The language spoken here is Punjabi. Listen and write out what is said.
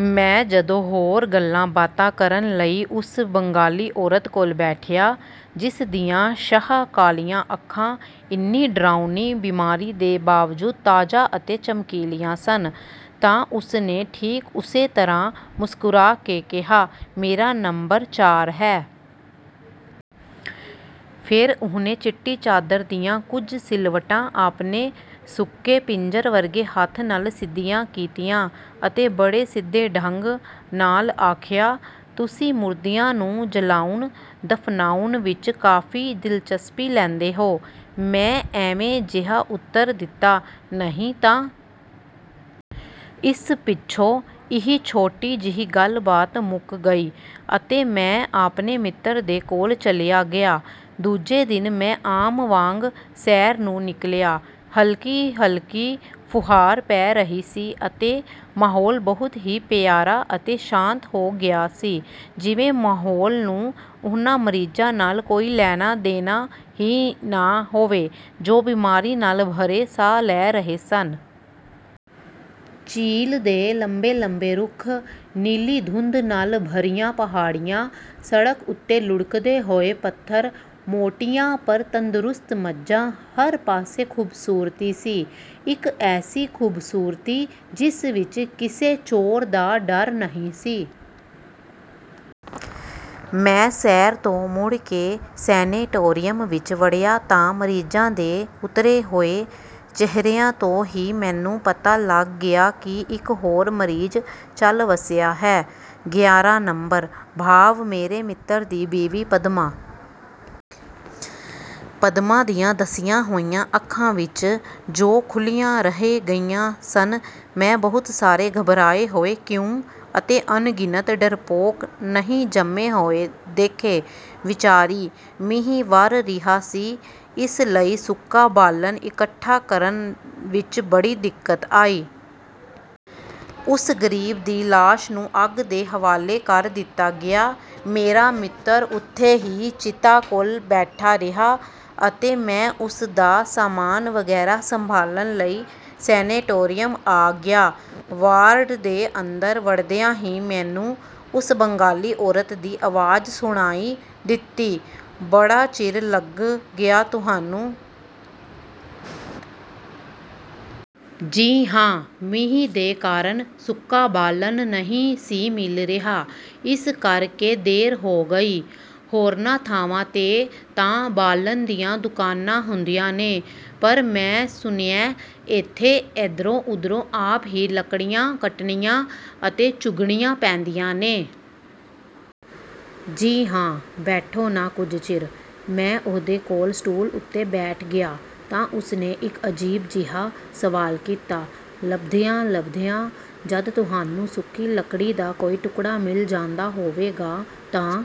ਮੈਂ ਜਦੋਂ ਹੋਰ ਗੱਲਾਂ-ਬਾਤਾਂ ਕਰਨ ਲਈ ਉਸ ਬੰਗਾਲੀ ਔਰਤ ਕੋਲ ਬੈਠਿਆ, ਜਿਸ ਦੀਆਂ ਸ਼ਾਹ-ਕਾਲੀਆਂ ਅੱਖਾਂ, ਇੰਨੀ ਡਰਾਉਣੀ ਬੀਮਾਰੀ ਦੇ ਬਾਵਜੂਦ ਤਾਜ਼ਾ ਅਤੇ ਚਮਕੀਲੀਆਂ ਸਨ, ਤਾਂ ਉਸਨੇ ਠੀਕ ਉਸੇ ਤਰ੍ਹਾਂ ਮੁਸਕਰਾ ਕੇ ਕਿਹਾ, “ਮੇਰਾ ਨੰਬਰ ਚਾਰ ਹੈ।” ਫੇਰ ਉਹਨੇ ਚਿੱਟੀ ਚਾਦਰ ਦੀਆਂ ਕੁਝ ਸਿਲਵਟਾਂ ਆਪਣੇ ਸੁੱਕੇ ਪਿੰਜਰ ਵਰਗੇ ਹੱਥ ਨਾਲ ਸਿੱਧੀਆਂ ਕੀਤੀਆਂ ਅਤੇ ਬੜੇ ਸਿੱਧੇ ਢੰਗ ਨਾਲ ਆਖਿਆ, “ਤੁਸੀਂ ਮੁਰਦਿਆਂ ਨੂੰ ਜਲਾਉਣ-ਦਫ਼ਨਾਉਣ ਵਿੱਚ ਕਾਫ਼ੀ ਦਿਲਚਸਪੀ ਲੈਂਦੇ ਹੋ।” ਮੈਂ ਐਵੇਂ-ਜਿਹਾ ਉੱਤਰ ਦਿੱਤਾ, “ਨਹੀਂ ਤਾਂ।” ਇਸ ਪਿੱਛੋਂ ਇਹ ਛੋਟੀ ਜਿਹੀ ਗੱਲ-ਬਾਤ ਮੁੱਕ ਗਈ ਅਤੇ ਮੈਂ ਆਪਣੇ ਮਿੱਤਰ ਦੇ ਕੋਲ ਚਲਿਆ ਗਿਆ। ਦੂਜੇ ਦਿਨ ਮੈਂ ਆਮ ਵਾਂਗ ਸੈਰ ਨੂੰ ਨਿਕਲਿਆ। ਹਲਕੀ-ਹਲਕੀ ਫ਼ੁਹਾਰ ਪੈ ਰਹੀ ਸੀ ਅਤੇ ਮਾਹੌਲ ਬਹੁਤ ਹੀ ਪਿਆਰਾ ਅਤੇ ਸ਼ਾਂਤ ਹੋ ਗਿਆ ਸੀ, ਜਿਵੇਂ ਮਾਹੌਲ ਨੂੰ ਉਹਨਾਂ ਮਰੀਜ਼ਾਂ ਨਾਲ ਕੋਈ ਲੈਣਾ-ਦੇਣਾ ਹੀ ਨਾ ਹੋਵੇ, ਜੋ ਬੀਮਾਰੀ ਨਾਲ ਭਰੇ ਸਾਹ ਲੈ ਰਹੇ ਸਨ। ਚੀਲ੍ਹ ਦੇ ਲੰਬੇ-ਲੰਬੇ ਰੁੱਖ, ਨੀਲੀ ਧੁੰਦ ਨਾਲ ਭਰੀਆਂ ਪਹਾੜੀਆਂ, ਸੜਕ ਉੱਤੇ ਲੁੜਕਦੇ ਹੋਏ ਪੱਥਰ, ਮੋਟੀਆਂ ਪਰ ਤੰਦਰੁਸਤ ਮੱਝਾਂ, ਹਰ ਪਾਸੇ ਖ਼ੂਬਸੂਰਤੀ ਸੀ। ਇੱਕ ਐਸੀ ਖ਼ੂਬਸੂਰਤੀ, ਜਿਸ ਵਿੱਚ ਕਿਸੇ ਚੋਰ ਦਾ ਡਰ ਨਹੀਂ ਸੀ। ਮੈਂ ਸੈਰ ਤੋਂ ਮੁੜ ਕੇ ਸੈਨੇਟੋਰੀਅਮ ਵਿੱਚ ਵੜਿਆ ਤਾਂ ਮਰੀਜ਼ਾਂ ਦੇ ਉੱਤਰੇ ਹੋਏ ਚਿਹਰਿਆਂ ਤੋਂ ਹੀ ਮੈਨੂੰ ਪਤਾ ਲੱਗ ਗਿਆ ਕਿ ਇੱਕ ਹੋਰ ਮਰੀਜ਼ ਚੱਲ ਵੱਸਿਆ ਹੈ। ਗਿਆਰਾਂ ਨੰਬਰ, ਭਾਵ ਮੇਰੇ ਮਿੱਤਰ ਦੀ ਬੀਵੀ ਪਦਮਾ। ਪਦਮਾ ਦੀਆਂ ਧਸੀਆਂ ਹੋਈਆਂ ਅੱਖਾਂ ਵਿੱਚ, ਜੋ ਖੁੱਲ੍ਹੀਆਂ ਰਹਿ ਗਈਆਂ ਸਨ, ਮੈਂ ਬਹੁਤ ਸਾਰੇ ਘਬਰਾਏ ਹੋਏ ‘ਕਿਉਂ’ ਅਤੇ ਅਣਗਿਣਤ ਡਰਪੋਕ ‘ਨਹੀਂ’ ਜੰਮੇ ਹੋਏ ਦੇਖੇ। ਵਿਚਾਰੀ! ਮੀਂਹ ਵਰ੍ਹ ਰਿਹਾ ਸੀ, ਇਸ ਲਈ ਸੁੱਕਾ ਬਾਲਣ ਇਕੱਠਾ ਕਰਨ ਵਿੱਚ ਬੜੀ ਦਿੱਕਤ ਆਈ। ਉਸ ਗਰੀਬ ਦੀ ਲਾਸ਼ ਨੂੰ ਅੱਗ ਦੇ ਹਵਾਲੇ ਕਰ ਦਿੱਤਾ ਗਿਆ। ਮੇਰਾ ਮਿੱਤਰ ਓਥੇ ਹੀ ਚਿਤਾ ਕੋਲ ਬੈਠਾ ਰਿਹਾ ਅਤੇ ਮੈਂ ਉਸਦਾ ਸਾਮਾਨ ਵਗੈਰਾ ਸੰਭਾਲਣ ਲਈ ਸੈਨੇਟੋਰੀਅਮ ਆ ਗਿਆ। ਵਾਰਡ ਦੇ ਅੰਦਰ ਵੜਦਿਆਂ ਹੀ ਮੈਨੂੰ ਉਸ ਬੰਗਾਲੀ ਔਰਤ ਦੀ ਆਵਾਜ਼ ਸੁਣਾਈ ਦਿੱਤੀ, “ਬੜਾ ਚਿਰ ਲੱਗ ਗਿਆ ਤੁਹਾਨੂੰ।” “ਜੀ ਹਾਂ। ਮੀਂਹ ਦੇ ਕਾਰਨ ਸੁੱਕਾ ਬਾਲਣ ਨਹੀਂ ਸੀ ਮਿਲ ਰਿਹਾ, ਇਸ ਕਰਕੇ ਦੇਰ ਹੋ ਗਈ।” “ਹੋਰਨਾਂ ਥਾਵਾਂ ’ਤੇ ਤਾਂ ਬਾਲਣ ਦੀਆਂ ਦੁਕਾਨਾਂ ਹੁੰਦੀਆਂ ਨੇ, ਪਰ ਮੈਂ ਸੁਣਿਐਂ ਏਥੇ ਏਧਰੋਂ-ਓਧਰੋਂ ਆਪ ਹੀ ਲੱਕੜੀਆਂ ਕੱਟਣੀਆਂ ਅਤੇ ਚੁਗਣੀਆਂ ਪੈਂਦੀਆਂ ਨੇ।” “ਜੀ ਹਾਂ।” “ਬੈਠੋ ਨਾ, ਕੁਝ ਚਿਰ।” ਮੈਂ ਉਹਦੇ ਕੋਲ ਸਟੂਲ ਉੱਤੇ ਬੈਠ ਗਿਆ ਤਾਂ ਉਸਨੇ ਇੱਕ ਅਜੀਬ ਜਿਹਾ ਸਵਾਲ ਕੀਤਾ, “ਲੱਭਦਿਆਂ-ਲੱਭਦਿਆਂ ਜਦ ਤੁਹਾਨੂੰ ਸੁੱਕੀ ਲੱਕੜੀ ਦਾ ਕੋਈ ਟੁਕੜਾ ਮਿਲ ਜਾਂਦਾ ਹੋਵੇਗਾ ਤਾਂ